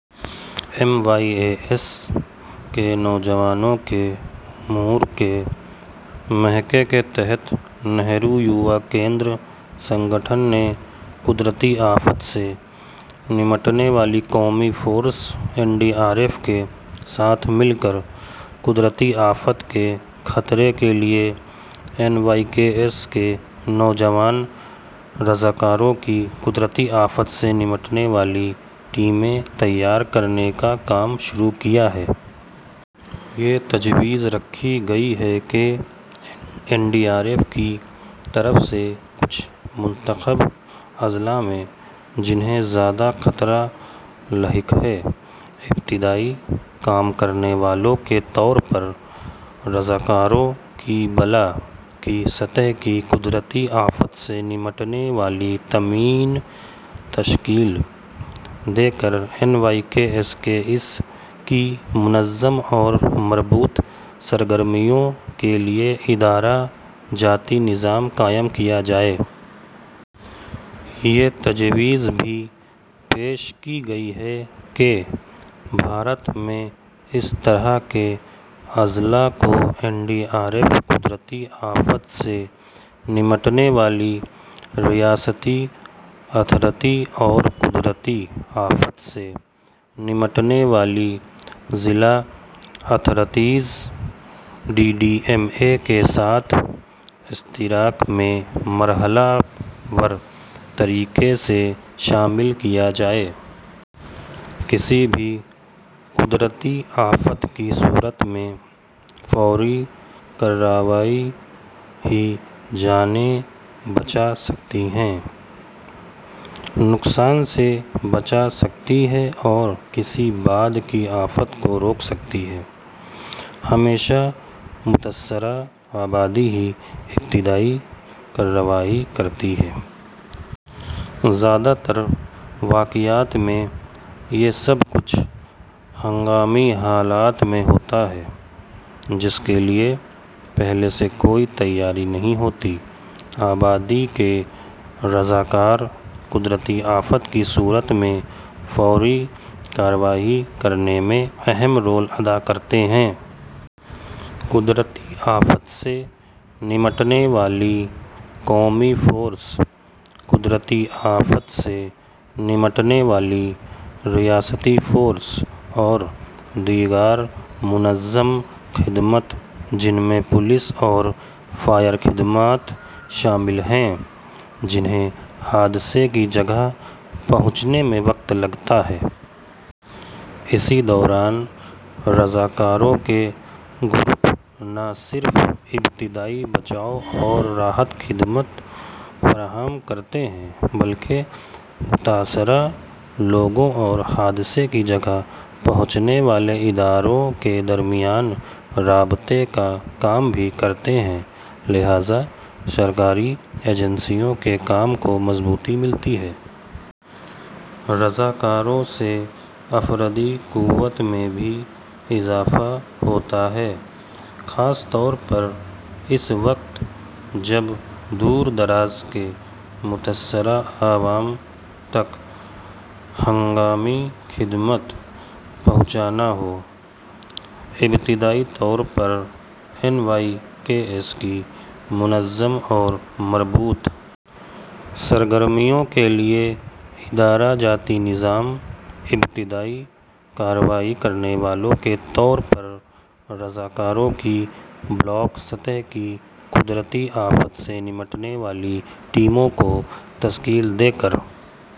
M O Y A S کے نوجوانوں کے امور کے محکمے کے تحت نہرو یوا کیندرسنگھٹن نے قدرتی آفات سے نمٹنے والی قومی force N D R F کے ساتھ مل کر قدرتی آفات کے خطرے کے لئے این وائی کے ایس کے نوجوان رضاکاروں کی قدرتی آفات سے نمٹنے والی ٹیمیں تیار کرنے کا کام شروع کیا ہے۔ یہ تجویزرکھی گئی ہے کہ این ڈی آر ایف کی طرف سے کچھ منتخبہ اضلاع میں جنہیں زیادہ خطرہ لاحق ہے ، ابتدائی کام کرنے والوں کے طور پر رضاکاروںکی بلا ک سطح کی قدرتی آفات سے نمٹنے والی ٹیمیں تشکیل دے کر این وائی کے ایس کی منظم اورمربوط سرگرمیوں کے لئے ادارہ جاتی نظام قائم کیا جائے۔ یہ تجویز بھی پیش کی گئی ہے کہ بھارت میں ا س طرح کے اضلاع کو این ڈی آر ایف ، قدرتی آفات سے نمٹنے والی ریاستی اتھارٹی اور قدرتی آفات سے نمٹنے والی ضلع authorities D D M A کے ساتھ اشتراک میں مرحلے وار طریقے سے شامل کیاجائے۔ کسی بھی قدرتی آفت کی صورت میں فوری کارروائی ہی جانیں بچا سکتی ہے، نقصان سے بچا سکتی ہے اور کسی بعد کی آفت کو روک سکتی ہے۔ ہمیشہ متاثرہ آبادی ہی ابتدائی کارروائی کرتی ہے۔ زیادہ ترواقعات میں یہ سب کچھ ہنگامی حالت میں ہوتا ہے ،جس کے لئے پہلےسے کوئی تیاری نہیں ہوتی۔ آبادی کے رضاکار قدرتی آفت کی صورت میں فوری کارروائی کرنے میں اہم رول ادا کرتے ہیں۔ قدرتی آفات سے نمٹنے والی قومی فورس ، قدرتی آفات سے نمٹنے والی ریاستی فورس اوردیگر منظم خدمات جن میں پولیس اورفائر خدمات شامل ہیں ، جنہیں حادثے کی جگہ پہنچنے میں وقت لگتا ہے۔ اسی دوران رضاکاروں کے گروپ نہ صرف ابتدائی بچاؤ اورراحت خدمات فراہم کرتے ہیں بلکہ متاثرہ لوگوں اور حادثے کی جگہ پہنچنے والے اداروں کے درمیان رابطے کا کام بھی کرتے ہیں لہٰذا سرکاری ایجنسیوں کے کام کو مضبوطی ملتی ہے۔ رضاکاروں سے افرادی قوت میں بھی اضافہ ہوتا ہے۔ خاص طورپر اس وقت جب دوردراز کے متاثرہ عوام تک ہنگامی خدمات پہنچانا ہو۔ ابتدائی طورپر این وائی کے ایس کی منظم اور مربوط سرگرمیوں کے لئے ادارہ جاتی نظام ، ابتدائی کارروائی کرنے والوں کے طور پر رضاکاروں کی بلاک سطح کی قدرتی آفات سے نمٹنے والی ٹیموں کوتشکیل دے کر